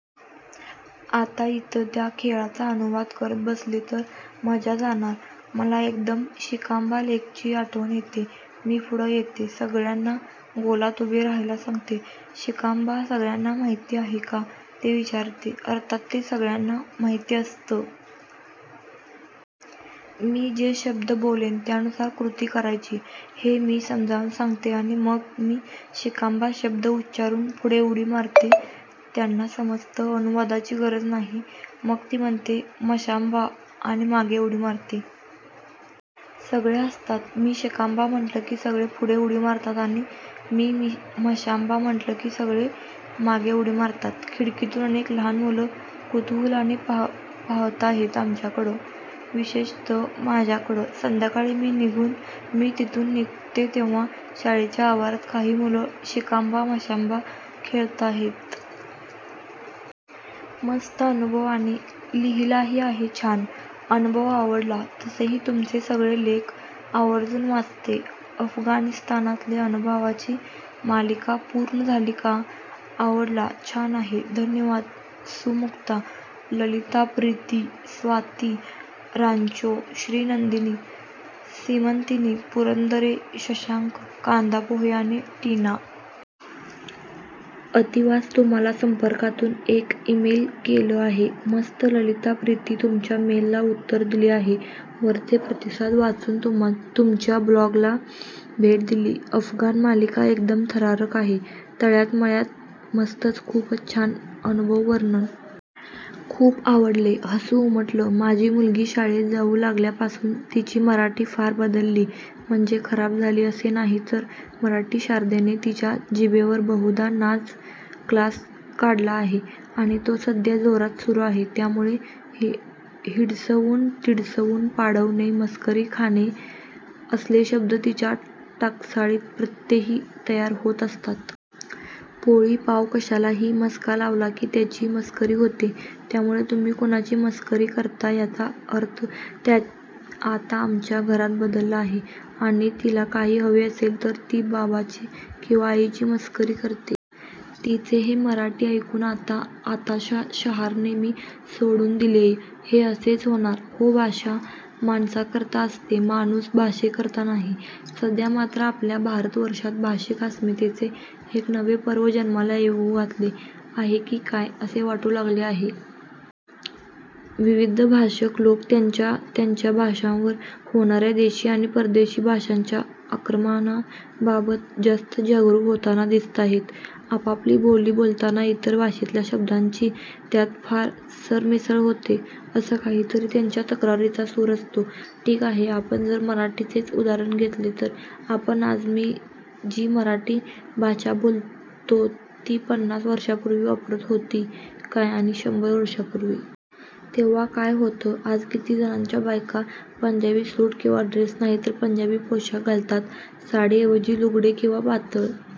आता इथं त्या खेळाचा अनुवाद करत बसले तर मजा जाणार. मला एकदम शिकाम्बा लेकची आठवण येते. मी पुढं येते. सगळ्यांना गोलात उभे राहायला सांगते. शिकाम्बा सगळ्यांना माहिती आहे का, ते विचारते, अर्थात ते त्या सगळ्यांना माहिती असतं. मी जे शब्द बोलेन त्यानुसार कृती करायची हे मी समजावून सांगते आणि मग मी शिकाम्बा शब्द उच्चारून पुढे उडी मारते. त्यांना समजतं, अनुवादाची गरज नाही. मग मी म्हणते मशाम्बा आणि मागे उडी मारते. सगळे हसतात. मी शिकाम्बा म्हटलं की सगळे पुढे उडी मारतात आणि मी मशाम्बा म्हटलं की सगळे मागे उडी मारतात. खिडकीतून अनेक लहान मुलं कुतूहलाने पाहताहेत आमच्याकडं, विशेषत: माझ्याकडं. संध्याकाळी मी तिथून निघते तेव्हा शाळेचा आवारात काही मुलं शिकाम्बा मशाम्बा खेळताहेत. मस्त अनुभव. आणि लिहिलाही आहे छान. अनुभव आवडला. तसेही तुमचे सगळे लेख आवर्जून वाचते. अफगाणिस्तानातले अनुभवाची मालिका पूर्ण झाली का? आवडला. छान आहे. धन्यवाद सुमुक्ता, ललिता प्रीति, स्वाती, रांचो, श्री, नंदिनी, सीमंतिनी, पुरंदरे शशांक, कांदापोहे आणि टीना. आतिवास, तुम्हाला संपर्कातून एक ईमेल केलं आहे. मस्त. ललिता प्रीति, तुमच्या मेलला उत्तर दिले आहे. वरचे प्रतिसाद वाचून तुमच्या ब्लॉगला भेट दिली. अफगाण मालिका एकदम थरारक आहे. तळ्यात मळ्यात मस्तच, खूपच छान अनुभव वर्णन. खूप आवडले. हसू उमटलं. माझी मुलगी शाळेत जाऊ लागल्या पासून तिची मराठी फार बदलली. म्हणजे खराब झाली असे नाही तर मराठी शारदेने तिच्या जिभेवर बहुधा नाच क्लास काढला आहे आणि तो सध्या जोरात सुरू आहे, त्यामुळे हिडसवून तिडसवून, पाडवणे, मस्करी खाणे असले शब्द तिच्या टाकसाळीत प्रत्यही तयार होत असतात. पोळी पाव कशाला ही मस्का लावला की त्याची मस्करी होते, त्यामुळे तुम्ही कुणाची मस्करी करता ह्याचा अर्थ आता आमच्या घरात बदलला आहे आणि तिला काही हवे असेल तर तर ती बाबाची किंवा आईची मस्करी करते. तिचे हे मराठी ऐकून आता आताशा शहारणे मी सोडून दिलेय. हे असेच होणार हो. भाषा माणसाकरता असते, माणूस भाषेकरता नाही. सध्या मात्र आपल्या भारतवर्षात भाषिक अस्मितेचे एक नवे पर्व जन्माला येऊ घातले आहे की काय असे वाटू लागले आहे. विविध भाषक लोक त्यांच्या त्यांच्या भाषांवर होणाऱ्या देशी आणि परदेशी भाषांच्या आक्रमणाबाबत जास्तच जागरूक होताना दिसताहेत. आपापली बोली बोलताना इतर भाषेतल्या शब्दांची त्यात फार सरमिसळ होते असा काहीतरी त्यांच्या तक्रारीचा सूर असतो. ठीक आहे, आपण जर मराठीचेच उदाहरण घेतले तर आपण आज जी मराठी भाषा बोलतो ती पन्नास वर्षांपूर्वी वापरात होती काय आणि शंभर वर्षांपूर्वी? तेव्हा काय होतं? आज किती जणांच्या बायका पंजाबी सूट किंवा ड्रेस नाही तर पंजाबी पोशाख घालतात. साडी ऐवजी लुगडे किंवा पातळ